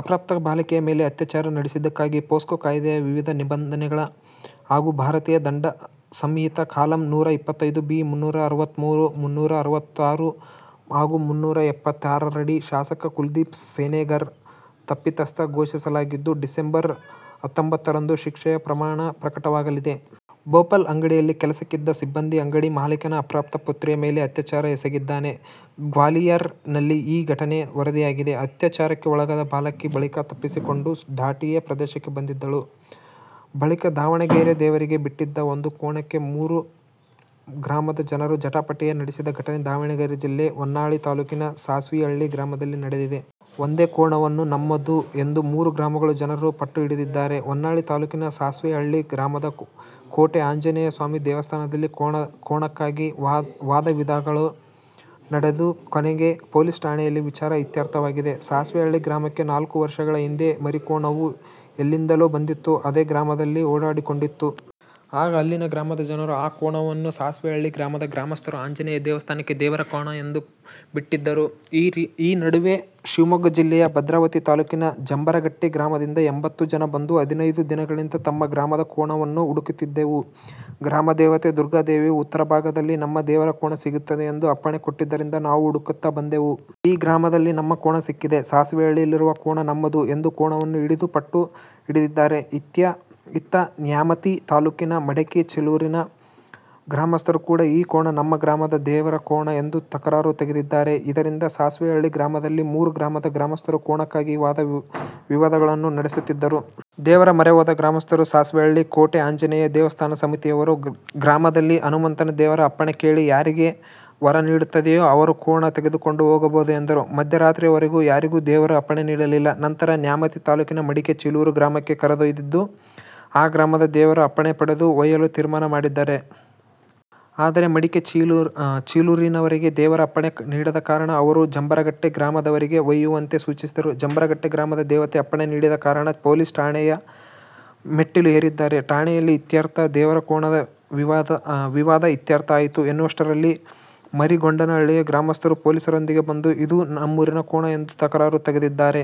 ಅಪ್ರಾಪ್ತ ಬಾಲಕಿಯ ಮೇಲೆ ಅತ್ಯಾಚಾರ ನಡೆಸಿದ್ದಕ್ಕಾಗಿ ಪೋಸ್ಕೋ ಕಾಯ್ದೆಯ ವಿವಿಧ ನಿಬಂಧನೆಗಳು ಹಾಗೂ ಭಾರತೀಯ ದಂಡ ಸಂಹಿತೆ ಕಾಲಂ ನೂರ ಇಪ್ಪತ್ತು ಬಿ. ಮುನ್ನೂರ ಅರವತ್ಮೂರು, ಮುನ್ನೂರ ಅರವತ್ತಾರು ಹಾಗೂ ಮುನ್ನೂರ ಎಪ್ಪತ್ತಾರರಡಿ ಶಾಸಕ ಕುಲದೀಪ್ ಸೆನೆಗರ್ ತಪ್ಪಿತಸ್ಥ ಘೋಷಿಸಲಾಗಿದ್ದು, ಡಿಸಂಬರ್ ಹತ್ತೊಂಬತ್ತರಂದು ಶಿಕ್ಷೆಯ ಪ್ರಮಾಣ ಪ್ರಕಟವಾಗಲಿದೆ. ಭೋಪಾಲ್: ಅಂಗಡಿಯಲ್ಲಿ ಕೆಲಸಕ್ಕಿದ್ದ ಸಿಬ್ಬಂದಿ ಅಂಗಡಿ ಮಾಲೀಕನ ಅಪ್ರಾಪ್ತ ಪುತ್ರಿಯ ಮೇಲೆ ಅತ್ಯಾಚಾರ ಎಸಗಿದ್ದಾನೆ. ಗ್ವಾಲಿಯರ್ ನಲ್ಲಿ ಈ ಘಟನೆ ವರದಿಯಾಗಿದೆ. ಅತ್ಯಾಚಾರಕ್ಕೆ ಒಳಗಾದ ಬಾಲಕಿ ಬಳಿಕ ತಪ್ಪಿಸಿಕೊಂಡು ಡಾಟಿಯಾ ಪ್ರದೇಶಕ್ಕೆ ಬಂದಿದ್ದಳು. ಬಳಿಕದಾವಣಗೆರೆ: ದೇವರಿಗೆ ಬಿಟ್ಟಿದ್ದ ಒಂದು ಕೋಣಕ್ಕೆ ಮೂರು ಗ್ರಾಮದ ಜನರು ಜಟಾಪಟಿ ನಡೆಸಿದ ಘಟನೆ ದಾವಣಗೆರೆ ಜಿಲ್ಲೆಯ ಹೊನ್ನಾಳಿ ತಾಲೂಕಿನ ಸಾಸ್ವಿಹಳ್ಳಿ ಗ್ರಾಮದಲ್ಲಿ ನಡೆದಿದೆ. ಒಂದೇ ಕೋಣವನ್ನು ನಮ್ಮದು ಎಂದು ಮೂರು ಗ್ರಾಮಗಳ ಜನರು ಪಟ್ಟುಹಿಡಿದಿದ್ದಾರೆ. ಹೊನ್ನಾಳಿ ತಾಲ್ಲೂಕಿನ ಸಾಸ್ವೆಹಳ್ಳಿ ಗ್ರಾಮದ ಕೋಟೆ ಆಂಜನೇಯ ಸ್ವಾಮಿ ದೇವಸ್ಥಾನದಲ್ಲಿ ಕೋಣಕ್ಕಾಗಿ ವಾದವಿವಾದಗಳು ನಡೆದು ಕೊನೆಗೆ ಪೊಲೀಸ್ ಠಾಣೆಯಲ್ಲಿ ವಿಚಾರ ಇತ್ಯರ್ಥವಾಗಿದೆ. ಸಾಸ್ವೆಹಳ್ಳಿ ಗ್ರಾಮಕ್ಕೆ ನಾಲ್ಕು ವರ್ಷಗಳ ಹಿಂದೆ ಮರಿಕೋಣವು ಎಲ್ಲಿಂದಲೋ ಬಂದಿತ್ತು. ಅದೇ ಗ್ರಾಮದಲ್ಲಿ ಓಡಾಡಿಕೊಂಡಿತ್ತು. ಈಗ ಅಲ್ಲಿನ ಗ್ರಾಮದ ಜನರು ಆ ಕೋಣವನ್ನು ಸಾಸ್ವೇಹಳ್ಳಿ ಗ್ರಾಮದ ಗ್ರಾಮಸ್ಥರು ಆಂಜನೇಯ ದೇವಸ್ಥಾನಕ್ಕೆ ದೇವರ ಕೋಣ ಎಂದು ಬಿಟ್ಟದ್ದರು. ಈ ನಡುವೆ ಶಿವಮೊಗ್ಗ ಜಿಲ್ಲೆಯ ಭದ್ರಾವತಿ ತಾಲ್ಲೂಕಿನ ಜಂಬರಗಟ್ಟೆ ಗ್ರಾಮದಿಂದ ಎಪ್ಪತ್ತು ಜನ ಬಂದು, ಹದಿನೈದು ದಿನಗಳಿಂದ ತಮ್ಮ ಗ್ರಾಮದ ಕೋಣವನ್ನು ಹುಡುಕುತ್ತಿದ್ದೆವು. ಗ್ರಾಮ ದೇವತೆ ದುರ್ಗಾದೇವಿಯು ಉತ್ತರ ಭಾಗದಲ್ಲಿ ನಮ್ಮ ದೇವರ ಕೋಣ ಸಿಗುತ್ತದೆ ಎಂದು ಅಪ್ಪಣೆ ಕೊಟ್ಟಿದ್ದರಿಂದ ನಾವು ಹುಡುಕುತ್ತ ಬಂದೆವು. ಈ ಗ್ರಾಮದಲ್ಲಿ ನಮ್ಮ ಕೋಣ ಸಿಕ್ಕಿದೆ. ಸಾಸ್ವೆಹಳ್ಳಿಯಲ್ಲಿರುವ ಕೋಣ ನಮ್ಮದು ಎಂದು ಕೋಣವನ್ನು ಹಿಡಿದು ಪಟ್ಟು ಹಿಡಿದಿದ್ದಾರೆ. ಇತ್ತ ನ್ಯಾಮತಿ ತಾಲ್ಲೂಕಿನ ಮಡಿಕೆ ಚೀಲೂರಿನ ಗ್ರಾಮಸ್ಥರು ಕೂಡ ಈ ಕೋಣ ನಮ್ಮ ಗ್ರಾಮದ ದೇವರ ಕೋಣ ಎಂದು ತಕರಾರು ತೆಗೆದಿದ್ದಾರೆ. ಇದರಿಂದ ಸಾಸ್ವೆಹಳ್ಳಿ ಗ್ರಾಮದಲ್ಲಿ ಮೂರು ಗ್ರಾಮದ ಗ್ರಾಮಸ್ಥರು ಕೋಣಕ್ಕಾಗಿ ವಾದ ವಿವಾದಗಳನ್ನು ನಡೆಸುತ್ತಿದ್ದರು. ದೇವರ ಮೊರೆ ಹೋದ ಗ್ರಾಮಸ್ಥರು: ಸಾಸ್ವೆಹಳ್ಳಿ ಕೋಟೆ ಆಂಜನೇಯ ದೇವಸ್ಥಾನ ಸಮಿತಿಯವರು ಗ್ರಾಮದಲ್ಲಿ ಹನುಮಂತ ದೇವರ ಅಪ್ಪಣೆ ಕೇಳಿ ಯಾರಿಗೆ ವರ ನೀಡುತ್ತದೆಯೋ ಅವರು ಕೋಣ ತೆಗೆದುಕೊಂಡು ಹೋಗಬಹುದು ಎಂದರು. ಮಧ್ಯರಾತ್ರಿಯವರೆಗೂ ಯಾರಿಗೂ ದೇವರು ಅಪ್ಪಣೆ ನೀಡಲಿಲ್ಲ. ನಂತರ ನ್ಯಾಮತಿ ತಾಲೂಕಿನ ಮಡಿಕೆ ಚೀಲೂರು ಗ್ರಾಮಕ್ಕೆ ಕರೆದೊಯ್ದಿದ್ದು, ಆ ಗ್ರಾಮದ ದೇವರ ಅಪ್ಪಣೆ ಪಡೆದು ಒಯ್ಯಲು ತೀರ್ಮಾನ ಮಾಡಿದ್ದಾರೆ. ಆದರೆ ಮಡಿಕೆ ಚೀಲೂರಿನವರಿಗೆ ದೇವರು ಅಪ್ಪಣೆ ನೀಡದ ಕಾರಣ ಅವರು ಜಂಬರಗಟ್ಟೆ ಗ್ರಾಮದವರಿಗೆ ಒಯ್ಯುವಂತೆ ಸೂಚಿಸಿದರು. ಜಂಬರಗಟ್ಟೆ ಗ್ರಾಮದ ದೇವತೆ ಅಪ್ಪಣೆ ನೀಡಿದ ಕಾರಣ ಪೊಲೀಸ್ ಠಾಣೆಯ ಮೆಟ್ಟಿಲು ಏರಿದ್ದಾರೆ. ಠಾಣೆಯಲ್ಲಿ ಇತ್ಯರ್ಥ: ದೇವರ ಕೋಣದ ವಿವಾದ ಇತ್ಯರ್ಥ ಆಯ್ತು ಎನ್ನುವಷ್ಟರಲ್ಲಿ ಮರಿಗೊಂಡನಹಳ್ಳಿಯ ಗ್ರಾಮಸ್ಥರು ಪೊಲೀಸರೊಂದಿಗೆ ಬಂದು, ಇದು ನಮ್ಮೂರಿನ ಕೋಣ ಎಂದು ತಕರಾರು ತೆಗೆದಿದ್ದಾರೆ.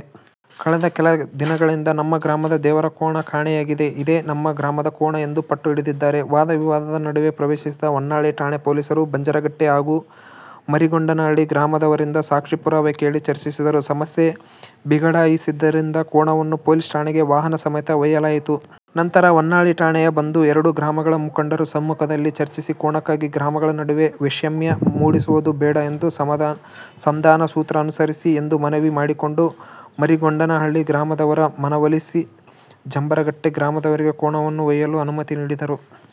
ಕಳೆದ ಕೆಲ ದಿನಗಳಿಂದ ನಮ್ಮ ಗ್ರಾಮದ ದೇವರ ಕೋಣ ಕಾಣೆಯಾಗಿದೆ. ಇದೇ ನಮ್ಮ ಗ್ರಾಮದ ಕೋಣ ಎಂದು ಪಟ್ಟು ಹಿಡಿದಿದ್ದಾರೆ. ವಾದ ವಿವಾದದ ನಡುವೆ ಪ್ರವೇಶಿದ ಹೊನ್ನಾಳಿ ಠಾಣೆ ಪೊಲೀಸರು ಬಂಜರಗಟ್ಟೆ ಹಾಗೂ ಮರಿಗೊಂಡನಹಳ್ಳಿ ಗ್ರಾಮದವರಿಂದ ಸಾಕ್ಷಿ, ಪುರಾವೆ ಕೇಳಿ ಚರ್ಚಿಸಿದರು. ಸಮಸ್ಯೆ ಬಿಗಡಾಯಿಸಿದ್ದರಿಂದ ಕೋಣವನ್ನು ಪೊಲೀಸ್ ಠಾಣೆಗೆ ವಾಹನ ಸಮೇತ ಒಯ್ಯಲಾಯಿತು. ನಂತರ ಹೊನ್ನಾಳಿ ಠಾಣೆಯ ಬಂದು, ಎರಡೂ ಗ್ರಾಮಗಳ ಮುಖಂಡರ ಸಮ್ಮುಖದಲ್ಲಿ ಚರ್ಚಿಸಿ, ಕೋಣಕ್ಕಾಗಿ ಗ್ರಾಮಗಳ ನಡುವೆ ವೈಷಮ್ಯ ಮೂಡಿಸುವುದು ಬೇಡ ಎಂದು ಸಂಧಾನ ಸೂತ್ರ ಅನುಸರಿಸಿ ಎಂದು ಮನವಿ ಮಾಡಿಕೊಂಡು, ಮರಿಗೊಂಡನಹಳ್ಳಿ ಗ್ರಾಮದವರ ಮನವೊಲಿಸಿ ಜಂಬರಗಟ್ಟೆ ಗ್ರಾಮದವರಿಗೆ ಕೋಣವನ್ನು ಒಯ್ಯಲು ಅನುಮತಿ ನೀಡಿದರು.